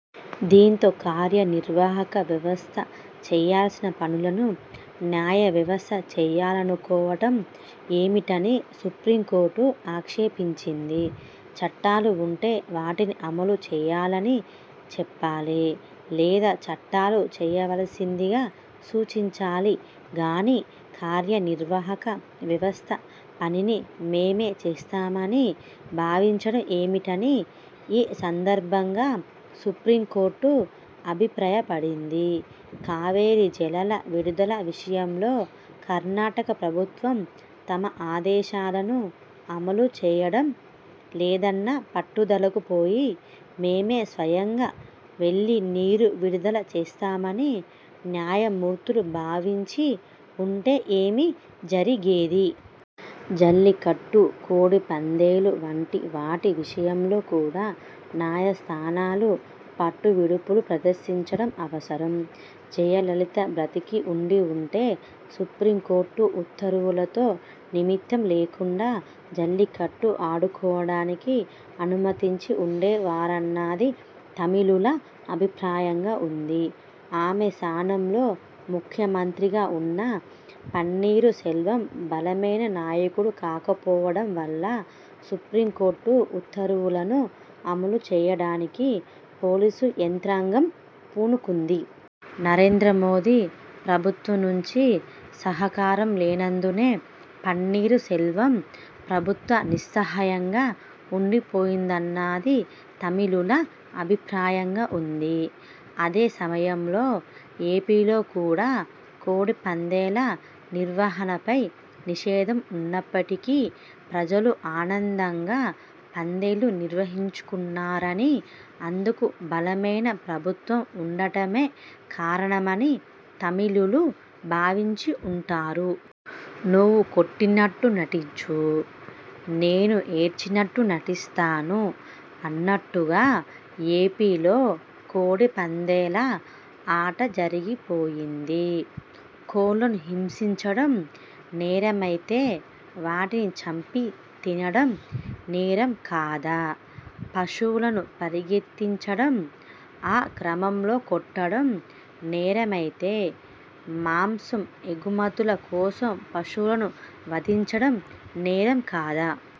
దీంతో కార్యనిర్వాహక వ్యవస్థ చేయాల్సిన పనులను న్యాయ వ్యవస్థ చేయాలనుకోవడం ఏమిటని సుప్రీంకోర్టు ఆక్షేపించింది. చట్టాలు ఉంటే వాటిని అమలుచేయాలని చెప్పాలి. లేదా చట్టాలు చేయవలసిందిగా సూచించాలి గానీ కార్యనిర్వాహక వ్యవస్థ పనిని మేమే చేస్తామని భావించడం ఏమిటని ఈ సందర్భంగా సుప్రీంకోర్టు అభిప్రాయపడింది. కావేరీ జలల విడుదల విషయంలో కర్ణాటక ప్రభుత్వం తమ ఆదేశాలను అమలుచేయడం లేదన్న పట్టుదలకు పోయి మేమే స్వయంగా వెళ్లి నీరు విడుదల చేస్తామని న్యాయమూర్తులు భావించి ఉంటే ఏమి జరిగేది? జల్లికట్టు, కోడి పందేలు వంటి వాటి విషయంలో కూడా న్యాయస్థానాలు పట్టువిడుపులు ప్రదర్శించడం అవసరం. జయలలిత బతికి ఉండి ఉంటే సుప్రీంకోర్టు ఉత్తర్వులతో నిమిత్తం లేకుండా జల్లికట్టు ఆడుకోవడానికి అనుమతించి ఉండేవారన్నది తమిళుల అభిప్రాయంగా ఉంది. ఆమె స్థానంలో ముఖ్యమంత్రిగా ఉన్న పన్నీరు సెల్వం బలమైన నాయకుడు కాకపోవడం వల్ల సుప్రీంకోర్టు ఉత్తర్వులను అమలుచేయడానికి పోలీసు యంత్రాంగం పూనుకుంది. నరేంద్ర మోదీ ప్రభుత్వం నుంచి సహకారం లేనందునే పన్నీరు సెల్వం ప్రభుత్వ నిస్సహాయంగా ఉండిపోయిందన్నది తమిళుల అభిప్రాయంగా ఉంది. అదే సమయంలో ఏపీలో కూడా కోడి పందేల నిర్వహణపై నిషేధం ఉన్నప్పటికీ ప్రజలు ఆనందంగా పందేలు నిర్వహించుకున్నారనీ, అందుకు బలమైన ప్రభుత్వం ఉండటమే కారణమనీ తమిళులు భావించి ఉంటారు. 'నువ్వు కొట్టినట్టు నటించు నేను ఏడ్చినట్టు నటిస్తాను' అన్నట్టుగా ఏపీలో కోడి పందేల ఆట జరిగిపోయింది. కోళ్లను హింసించడం నేరమైతే వాటిని చంపి తినడం నేరం కాదా? పశువులను పరిగెత్తించడం, ఆ క్రమంలో కొట్టడం నేరమైతే మాంసం ఎగుమతుల కోసం పశువులను వధించడం నేర కాదా?